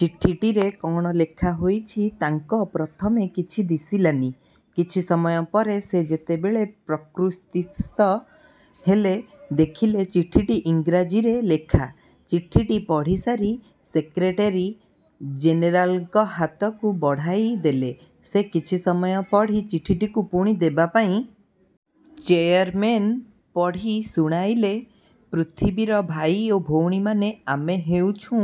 ଚିଠିଟିରେ କଣ ଲେଖା ହୋଇଛି ତାଙ୍କ ପ୍ରଥମେ କିଛି ଦିଶିଲାନି। କିଛି ସମୟ ପରେ ସେ ଯେତେବେଳେ ପ୍ରକୃତିସ୍ଥ ହେଲେ ଦେଖିଲେ ଚିଠିଟି ଇଂରାଜୀରେ ଲେଖା। ଚିଠିଟି ପଢ଼ିସାରି ସେକ୍ରେଟେରୀ ଜେନେରାଲଙ୍କ ହାତକୁ ବଢ଼ାଇ ଦେଲେ। ସେ କିଛି ସମୟ ପଢ଼ି ଚିଠିଟିକୁ ପୁଣି ଦେବାପାଇଁ। ଚେୟାରମେନ୍ ପଢ଼ି ଶୁଣାଇଲେ। ପୃଥିବୀର ଭାଇ ଓ ଭଉଣୀମାନେ ଆମେ ହେଉଛୁଁ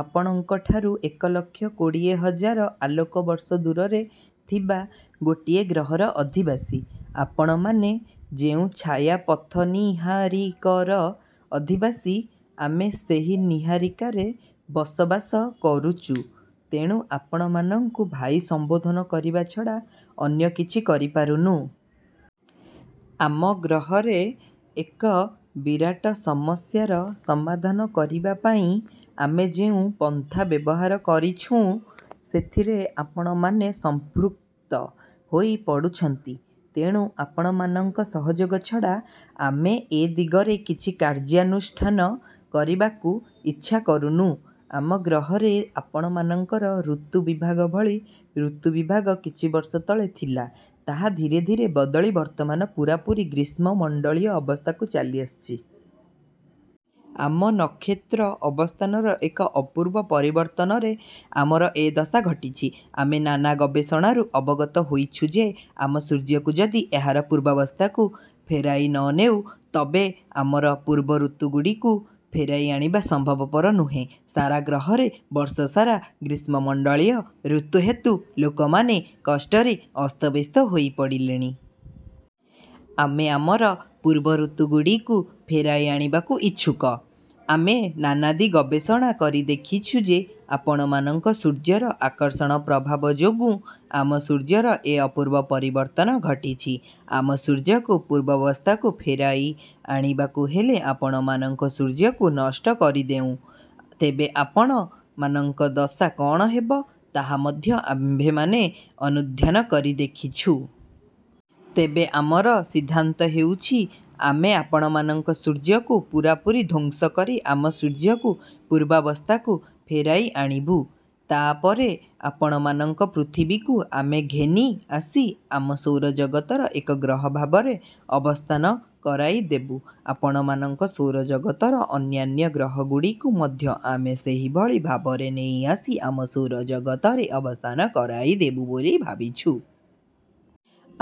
ଆପଣଙ୍କଠାରୁ ଏକ ଲକ୍ଷ କୋଡ଼ିଏ ହଜାର ଆଲୋକ ବର୍ଷ ଦୂରରେ ଥିବା ଗୋଟିଏ ଗ୍ରହର ଅଧିବାସୀ। ଆପଣମାନେ ଯେଉଁ ଛାୟାପଥନିହାରିକର ଅଧିବାସୀ ଆମେ ସେହି ନିହାରିକାରେ ବସବାସ କରୁଚୁ। ତେଣୁ ଆପଣମାନଙ୍କୁ ଭାଇ ସମ୍ବୋଧନ କରିବାଛଡ଼ା ଅନ୍ୟ କିଛି କରି ପାରୁନୁ। ଆମ ଗ୍ରହରେ ଏକ ବିରାଟ ସମସ୍ୟାର ସମାଧାନ କରିବାପାଇଁ ଆମେ ଯେଉଁ ପନ୍ଥା ବ୍ୟବହାର କରିଛୁଁ, ସେଥିରେ ଆପଣମାନେ ସମ୍ପୃକ୍ତ ହୋଇ ପଡ଼ୁଛନ୍ତି। ତେଣୁ ଆପଣମାନଙ୍କ ସହଯୋଗ ଛଡ଼ା ଆମେ ଏ ଦିଗରେ କିଛି କାର୍ଯ୍ୟାନୁଷ୍ଠାନ କରିବାକୁ ଇଚ୍ଛା କରୁନୁ। ଆମ ଗ୍ରହରେ ଆପଣମାନଙ୍କର ଋତୁ ବିଭାଗ ଭଳି ଋତୁ ବିଭାଗ କିଛି ବର୍ଷ ତଳେ ଥିଲା, ତାହା ଧୀରେ ଧୀରେ ବଦଳି ବର୍ତ୍ତମାନ ପୂରାପୂରି ଗ୍ରୀଷ୍ମ ମଣ୍ଡଳୀୟ ଅବସ୍ଥାକୁ ଚାଲି ଆସିଛି। ଆମ ନକ୍ଷତ୍ର ଅବସ୍ଥାନର ଏକ ଅପୂର୍ବ ପରିବର୍ତ୍ତନରେ ଆମର ଏ ଦଶା ଘଟିଛି। ଆମେ ନାନା ଗବେଷଣାରୁ ଅବଗତ ହୋଇଛୁ ଯେ ଆମ ସୂର୍ଯ୍ୟକୁ ଯଦି ଏହାର ପୂର୍ବାବସ୍ଥାକୁ ଫେରାଇ ନ ନେଉ, ତବେ ଆମର ପୂର୍ବ ଋତୁଗୁଡ଼ିକୁ ଫେରାଇ ଆଣିବା ସମ୍ଭବପର ନୁହେଁ। ସାରାଗ୍ରହରେ ବର୍ଷ ସାରା ଗ୍ରୀଷ୍ମ ମଣ୍ଡଳୀୟ ଋତୁ ହେତୁ ଲୋକମାନେ କଷ୍ଟରେ ଅସ୍ତବ୍ୟସ୍ତ ହୋଇ ପଡ଼ିଲେଣି। ଆମେ ଆମର ପୂର୍ବ ଋତୁଗୁଡ଼ିକୁ ଫେରାଇ ଆଣିବାକୁ ଇଛୁକ। ଆମେ ନାନାଦି ଗବେଷଣା କରି ଦେଖିଛୁ ଯେ ଆପଣମାନଙ୍କ ସୂର୍ଯ୍ୟର ଆକର୍ଷଣ ପ୍ରଭାବ ଯୋଗୁଁ ଆମ ସୂର୍ଯ୍ୟର ଏ ଅପୂର୍ବ ପରିବର୍ତ୍ତନ ଘଟିଛି। ଆମ ସୂର୍ଯ୍ୟକୁ ପୂର୍ବାବସ୍ଥାକୁ ଫେରାଇ ଆଣିବାକୁ ହେଲେ ଆପଣମାନଙ୍କ ସୂର୍ଯ୍ୟକୁ ନଷ୍ଟ କରିଦେଉଁ, ତେବେ ଆପଣମାନଙ୍କ ଦଶା କଣ ହେବ, ତାହା ମଧ୍ୟ ଆମ୍ଭେମାନେ ଅନୁଧ୍ୟାନ କରି ଦେଖିଛୁ। ତେବେ ଆମର ସିଦ୍ଧାନ୍ତ ହେଉଛି, ଆମେ ଆପଣମାନଙ୍କ ସୂର୍ଯ୍ୟକୁ ପୂରାପୂରି ଧ୍ୱଂସ କରି ଆମ ସୂର୍ଯ୍ୟକୁ ପୂର୍ବାବସ୍ଥାକୁ ଫେରାଇ ଆଣିବୁ; ତାପରେ ଆପଣମାନଙ୍କ ପୃଥିବୀକୁ ଆମେ ଘେନି ଆସି ଆମ ସୌରଜଗତର ଏକ ଗ୍ରହ ଭାବରେ ଅବସ୍ଥାନ କରାଇ ଦେବୁ ଆପଣମାନଙ୍କ ସୌରଜଗତର ଅନ୍ୟାନ୍ୟ ଗ୍ରହଗୁଡ଼ିକୁ ମଧ୍ୟ ଆମେ ସେହିଭଳି ଭାବରେ ନେଇ ଆସି ଆମ ସୌରଜଗତରେ ଅବସ୍ଥାନ କରାଇଦେବୁ ବୋଲି ଭାବିଛୁ।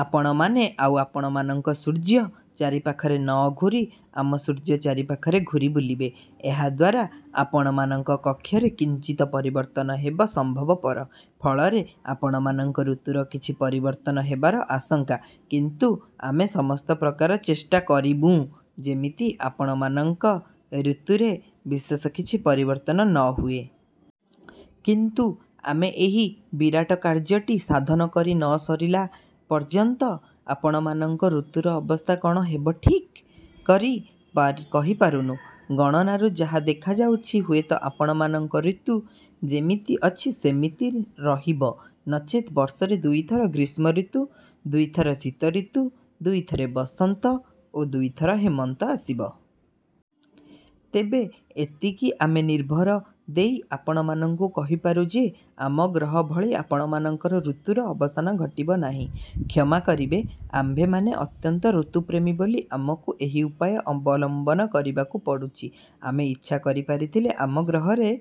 ଆପଣମାନେ ଆଉ ଆପଣମାନଙ୍କ ସୂର୍ଯ୍ୟ ଚାରିପାଖରେ ନ ଘୂରି ଆମ ସୂର୍ଯ୍ୟ ଚାରିପାଖରେ ଘୂରି ବୁଲିବେ। ଏହା ଦ୍ୱାରା ଆପଣମାନଙ୍କ କକ୍ଷରେ କିଞ୍ଚିତ ପରିବର୍ତ୍ତନ ହେବ ସମ୍ଭବପର; ଫଳରେ ଆପଣମାନଙ୍କ ଋତୁର କିଛି ପରିବର୍ତ୍ତନ ହେବାର ଆଶଙ୍କା। କିନ୍ତୁ ଆମେ ସମସ୍ତ ପ୍ରକାର ଚେଷ୍ଟା କରିବୁଁ ଯେମିତି ଆପଣମାନଙ୍କ ଋତୁରେ ବିଶେଷ କିଛ ପରିବର୍ତ୍ତନ ନ ହୁଏ। କିନ୍ତୁ ଆମେ ଏହି ବିରାଟ କାର୍ଯ୍ୟଟି ସାଧନ କରି ନ ସରିଲା ପର୍ଯ୍ୟନ୍ତ ଆପଣମାନଙ୍କ ଋତୁର ଅବସ୍ଥା କଣ ହେବ ଠିକ୍ କରି କହିପାରୁନୁ। ଗଣନାରୁ ଯାହା ଦେଖାଯାଉଛି ହୁଏତ ଆପଣମାନଙ୍କ ଋତୁ ଯେମିତି ଅଛି ସେମିତି ରହିବ ନଚେତ୍ ବର୍ଷରେ ଦୁଇ ଥର ଗ୍ରୀଷ୍ମ ଋତୁ, ଦୁଇ ଥର ଶୀତଋତୁ, ଦୁଇ ଥର ବସନ୍ତ ଓ ଦୁଇଥର ହେମନ୍ତ ଆସିବ। ତେବେ ଏତିକି ଆମେନିର୍ଭର ଦେଇ ଆପଣମାନଙ୍କୁ କହିପାରୁ ଯେ ଆମ ଗ୍ରହ ଭଳି ଆପଣମାନଙ୍କର ଋତୁର ଅବସାନ ଘଟିବ ନାହିଁ। କ୍ଷମା କରିବେ ଆମ୍ଭେମାନେ ଅତ୍ୟନ୍ତ ଋତୁପ୍ରେମୀ ବୋଲି ଆମକୁ ଏହି ଉପାୟ ଅବଲମ୍ବନ କରିବାକୁ ପଡ଼ୁଛି। ଆମେ ଇଛା କରିପାରିଥିଲେ ଆମ ଗ୍ରହରେ--